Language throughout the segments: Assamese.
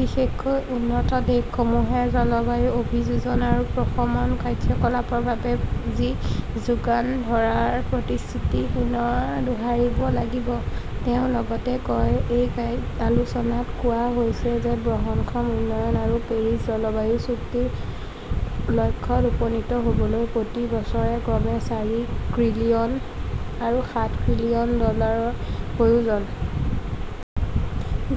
বিশেষকৈ, উন্নত দেশসমূহে জলবায়ু অভিযোজন আৰু প্ৰশমন কাৰ্যকলাপৰ বাবে পুঁজি যোগান ধৰাৰ প্ৰতিশ্ৰুতি পুনৰ দোহাৰিব লাগিব ", তেওঁ লগতে কয়", এই আলোচনাত কোৱা হৈছে যে বহনক্ষম উন্নয়ন আৰু পেৰিছ জলবায়ু চুক্তিৰ লক্ষ্যত উপনীত হ'বলৈ প্ৰতি বছৰে ক্ৰমে চাৰি ত্ৰিলিয়ন আৰু সাত ত্ৰিলিয়ন ডলাৰৰ প্ৰয়োজন।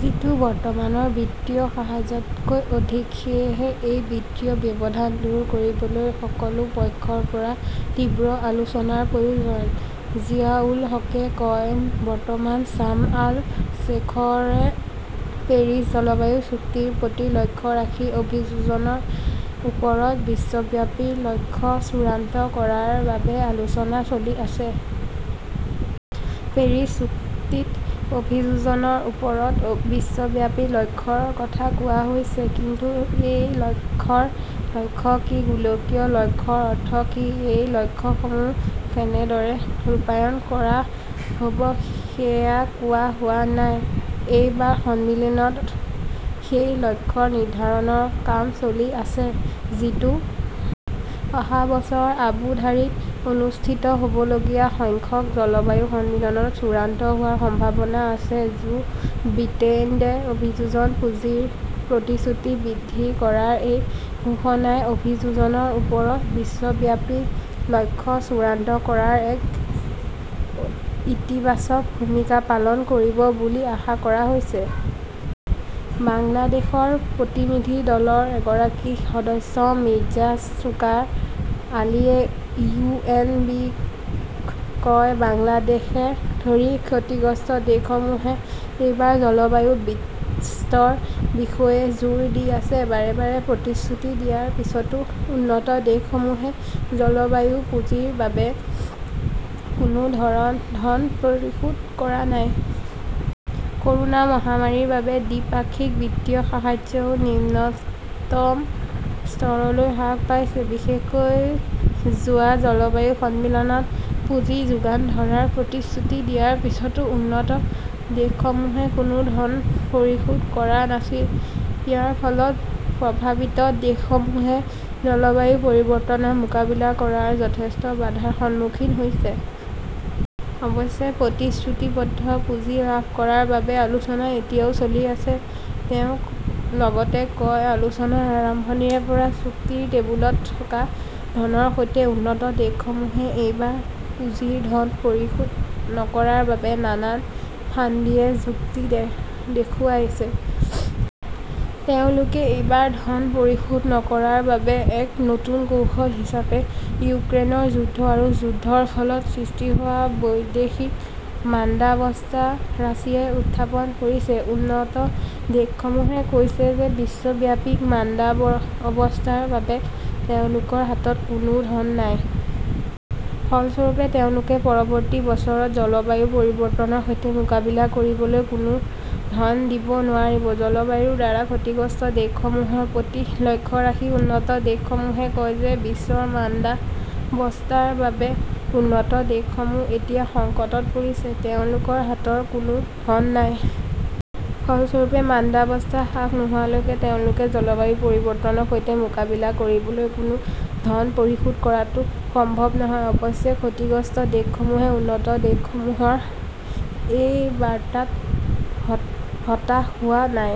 যিটো বৰ্তমানৰ বিত্তীয় সাহায্যতকৈ অধিক। সেয়েহে এই বিত্তীয় ব্যৱধান দূৰ কৰিবলৈ সকলো পক্ষৰ পৰা তীব্ৰ আলোচনাৰ প্ৰয়োজন ", জিয়াউল হকই কয়", বৰ্তমান চাৰ্ম আল শ্বেইখে পেৰিছ জলবায়ু চুক্তিৰ প্ৰতি লক্ষ্য ৰাখি অভিযোজনৰ ওপৰত বিশ্বব্যাপী লক্ষ্য চূড়ান্ত কৰাৰ বাবে আলোচনা চলি আছে। পেৰিছ চুক্তিত অভিযোজনৰ ওপৰত বিশ্বব্যাপী লক্ষ্যৰ কথা কোৱা হৈছে। কিন্তু এই লক্ষ্যৰ লক্ষ্য কি, গোলকীয় লক্ষ্যৰ অৰ্থ কি, এই লক্ষ্যসমূহ কেনেদৰে ৰূপায়ণ কৰা হ'ব সেয়া কোৱা হোৱা নাই। "এইবাৰ সন্মিলনত সেই লক্ষ্য নিৰ্ধাৰণৰ কাম চলি আছে।"যিটো অহা বছৰ আবু ধাবীত অনুষ্ঠিত হ'বলগীয়া সংখ্যক জলবায়ু সন্মিলনত চূড়ান্ত হোৱাৰ সম্ভাৱনা আছে। জো বিডেনে অভিযোজন পুঁজিৰ প্ৰতিশ্ৰুতি বৃদ্ধি কৰাৰ এই ঘোষণাই অভিযোজনৰ ওপৰত বিশ্বব্যাপী লক্ষ্য চূড়ান্ত কৰাত এক ইতিবাচক ভূমিকা পালন কৰিব বুলি আশা কৰা হৈছে। বাংলাদেশৰ প্ৰতিনিধি দলৰ এগৰাকী সদস্য মিৰ্জা শ্বোকাত আলীয়ে ইউ. এন. বি. -ক কয়, "বাংলাদেশকে ধৰি ক্ষতিগ্ৰস্ত দেশসমূহে এইবাৰ জলবায়ু বিত্তৰ বিষয়ে জোৰ দি আছে। বাৰে বাৰে প্ৰতিশ্ৰুতি দিয়াৰ পিছতো উন্নত দেশসমূহে জলবায়ু পুঁজিৰ বাবে কোনো ধন পৰিশোধ কৰা নাই। ক'ৰোনা মহামাৰীৰ বাবে দ্বিপাক্ষিক বিত্তীয় সাহায্যও নিম্নতম স্তৰলৈ হ্ৰাস পাইছে। বিশেষকৈ যোৱা জলবায়ু সন্মিলনত পুঁজি যোগান ধৰাৰ প্ৰতিশ্ৰুতি দিয়াৰ পিছতো উন্নত দেশসমূহে কোনো ধন পৰিশোধ কৰা নাছিল। ইয়াৰ ফলত প্ৰভাৱিত দেশসমূহে জলবায়ু পৰিৱৰ্তনৰ মোকাবিলা কৰাত যথেষ্ট বাধাৰ সন্মুখীন হৈছে। অৱশ্যে, প্ৰতিশ্ৰুতিবদ্ধ পুঁজি লাভ কৰাৰ বাবে আলোচনা এতিয়াও চলি আছে। "তেওঁ লগতে কয়", আলোচনাৰ আৰম্ভণিৰে পৰাই চুক্তিৰ টেবুলত থকা ধনৰ সৈতে, উন্নত দেশসমূহে এইবাৰ পুনৰ ধন পৰিশোধ নকৰাৰ বাবে নানা ফাণ্ডীয়ে যুক্তি দেখুৱাইছে। তেওঁলোকে এইবাৰ ধন পৰিশোধ নকৰাৰ বাবে এক নতুন কৌশল হিচাপে ইউক্ৰেইনৰ যুদ্ধ আৰু যুদ্ধৰ ফলত সৃষ্টি হোৱা বৈশ্বিক মন্দাৱস্থা ৰাছিয়াই উত্থাপন কৰিছে। "উন্নত দেশসমূহে কৈছে যে বিশ্বব্যাপী মন্দাৱস্থাৰ বাবে তেওঁলোকৰ হাতত কোনো ধন নাই। "ফলস্বৰূপে, তেওঁলোকে পৰৱৰ্তী বছৰত জলবায়ু পৰিৱৰ্তনৰ সৈতে মোকাবিলা কৰিবলৈ কোনো ধন দিব নোৱাৰিব। জলবায়ুৰ দ্বাৰা ক্ষতিগ্ৰস্ত দেশসমূহৰ প্ৰতি লক্ষ্য ৰাখি উন্নত দেশসমূহে কয় যে বিশ্বৰ মন্দাৱস্থাৰ বাবে উন্নত দেশসমূহ এতিয়া সংকটত পৰিছে। তেওঁলোকৰ হাতত কোনো ধন নাই। ফলস্বৰূপে মন্দাৱস্থা হ্ৰাস নোহোৱালৈকে তেওঁলোকে জলবায়ু পৰিৱৰ্তনৰ সৈতে মোকাবিলা কৰিবলৈ কোনো ধন পৰিশোধ কৰাটো সম্ভৱ নহয়। অৱশ্যে, ক্ষতিগ্ৰস্ত দেশসমূহে উন্নত দেশসমূহৰ এই বাৰ্তাত হতাশ হোৱা নাই।